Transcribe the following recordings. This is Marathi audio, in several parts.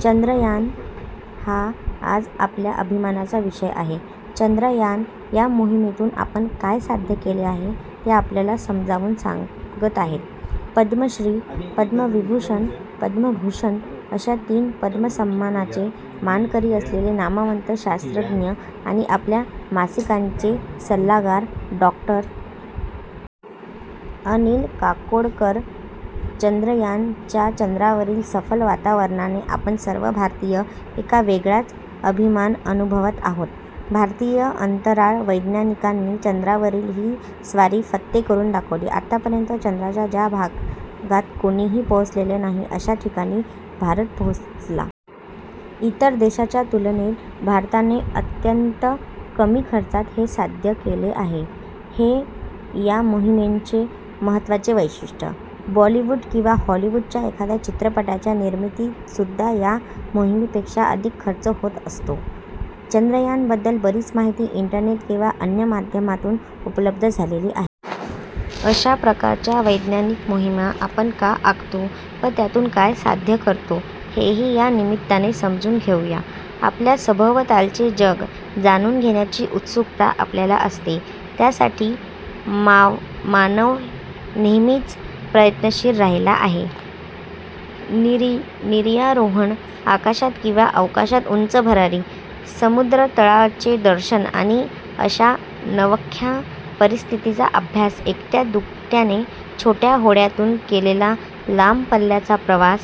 'चांद्रयान- ' हा आज आपल्या अभिमानाचा विषय आहे. 'चांद्रयान- ' या मोहिमेतून आपण काय साध्य केले आहे ते आपल्याला समजावून सांगत आहेत, पद्मश्री, पद्मविभूषण, पद्मभूषण अशा तीन पद्म सन्मानांचे मानकरी असलेले नामवंत शास्त्रज्ञ आणि आपल्या मासिकाचे सल्लागार डॉ. अनिल काकोडकर! 'चांद्रयान- 'च्या चंद्रावरील सफल अवतरणाने आपण सर्व भारतीय एक वेगळाच अभिमान अनुभवत आहोत. भारतीय अंतराळ वैज्ञानिकांनी चंद्रावरील ही स्वारी फत्ते करून दाखवली. आतापर्यंत चंद्राच्या ज्या भागात कोणीही पोहोचलेलं नाही, अशा ठिकाणी भारत पोहोचला. इतर देशांच्या तुलनेत भारताने अत्यंत कमी खर्चात हे साध्य केले आहे, हे या मोहिमेचे महत्त्वाचे वैशिष्ट्य! बॉलिवूड किंवा हॉलिवूडच्या एखाद्या चित्रपटाच्या निर्मितीतसुद्धा या मोहिमेपेक्षा अधिक खर्च होत असतो. 'चांद्रयान- ' बद्दल बरीच माहिती इंटरनेट किंवा अन्य माध्यमातून उपलब्ध झालेली आहे. अशा प्रकारच्या वैज्ञानिक मोहिमा आपण का आखतो व त्यातून काय साध्य करतो, हेही या निमित्ताने समजून घेऊ या. आपल्या सभोवतालचे जग जाणून घेण्याची उत्सुकता आपल्याला असते. त्यासाठी मानवनेहमीच प्रयत्नशील राहिलेला आहे. गिर्यारोहण, आकाशात किंवा अवकाशात उंच भरारी, समुद्रतळाचे दर्शन आणि अशा नवख्या परिस्थितीचा अभ्यास, एकट्या-दुकट्याने छोट्या होड्यांतून केलेला लांब पल्ल्याचा प्रवास,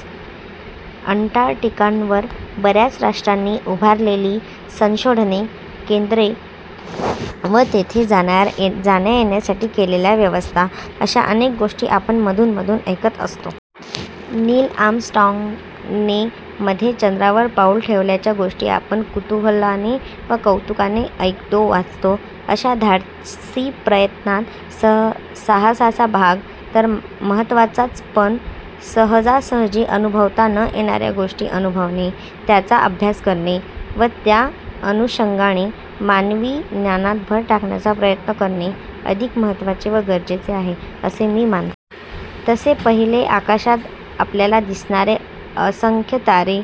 अंटार्क्टिकावर बऱ्याच राष्ट्रांनी उभारलेली संशोधन केंद्रे व तेथे जाण्या-येण्यासाठी केलेल्या व्यवस्था अशा अनेक गोष्टी आपण मधूनमधून ऐकत असतो. नील आर्मस्ट्राँगने मध्ये चंद्रावर पाऊल ठेवल्याच्या गोष्टी आपण कुतूहलाने व कौतुकाने ऐकतो, वाचतो. अशा धाडसीप्रयत्नांत साहसाचा भाग तर महत्त्वाचाच, पण सहजासहजी अनुभवता न येणाऱ्या गोष्टी अनुभवणे, त्यांचा अभ्यास करणे व त्या अनुषंगाने मानवी ज्ञानात भर टाकण्याचा प्रयत्न करणे अधिक महत्त्वाचे व गरजेचे आहे, असे मी मानतो. तसे पाहिले तर आकाशात आपल्याला दिसणारे असंख्यतारे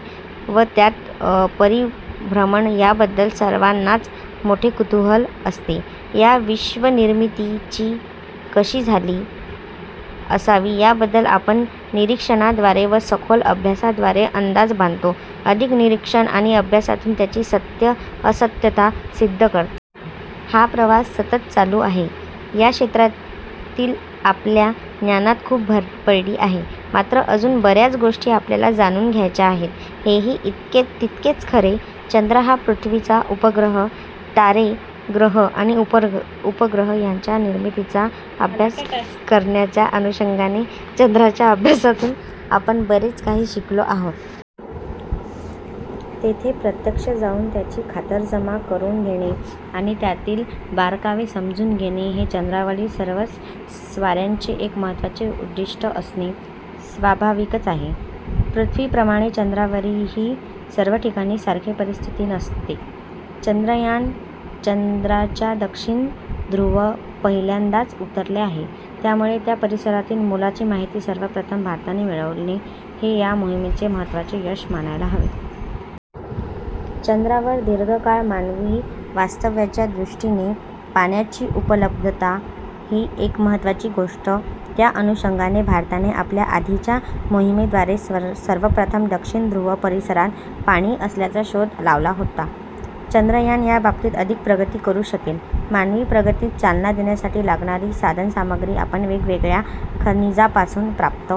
व त्यांचं परिभ्रमण याबद्दल सर्वांनाच मोठे कुतूहल असते. या विश्वाचीनिर्मिती कशी झाली असावी याबद्दल आपण निरीक्षणाद्वारे व सखोल अभ्यासाद्वारे अंदाजबांधतो. अधिक निरीक्षण आणि अभ्यासातून त्यांची सत्य-असत्यता सिद्ध करतो. हा प्रवास सतत चालू आहे. या क्षेत्रातीलआपल्या ज्ञानात खूप भर पडली आहे, मात्र अजून बऱ्याचगोष्टी आपल्याला जाणून घ्यायच्या आहेत, हेही तितकेच खरे. चंद्र हा पृथ्वीचा उपग्रह. तारे, ग्रह आणि उपग्रह यांच्या निर्मितीचाअभ्यास करण्याच्या अनुषंगाने चंद्राच्या अभ्यासातून आपण बरेच काही शिकलो आहोत. तेथे प्रत्यक्ष जाऊन त्याची खातरजमाकरून घेणे आणि त्यातील बारकावे समजून घेणे, हे चंद्रावरील सर्वच स्वाऱ्यांचे एक महत्त्वाचे उद्दिष्ट असणे स्वाभाविकच आहे. पृथ्वीप्रमाणे चंद्रावरही सर्वठिकाणी सारखी परिस्थिती नसते. 'चांद्रयान- ' चंद्राच्या दक्षिण ध्रुवावरपहिल्यांदाच उतरले आहे, त्यामुळे त्या परिसरातील मोलाची माहिती सर्वप्रथम भारताने मिळवणे, हे या मोहिमेचे महत्त्वाचे यश म्हणायला हवे. चंद्रावर दीर्घकाळ मानवी वास्तव्याच्या दृष्टीने पाण्याची उपलब्धता ही एकमहत्त्वाची गोष्ट. त्याअनुषंगाने भारताने आपल्या आधीच्या मोहिमेद्वारे सर्वप्रथम दक्षिण ध्रुव परिसरात पाणी असल्याचा शोध लावला होता. 'चांद्रयान- ' याबाबतीत अधिक प्रगती करू शकेल. मानवी प्रगतीस चालना देण्यासाठी लागणारी साधनसामग्री आपण वेगवेगळ्याखनिजांपासून प्राप्त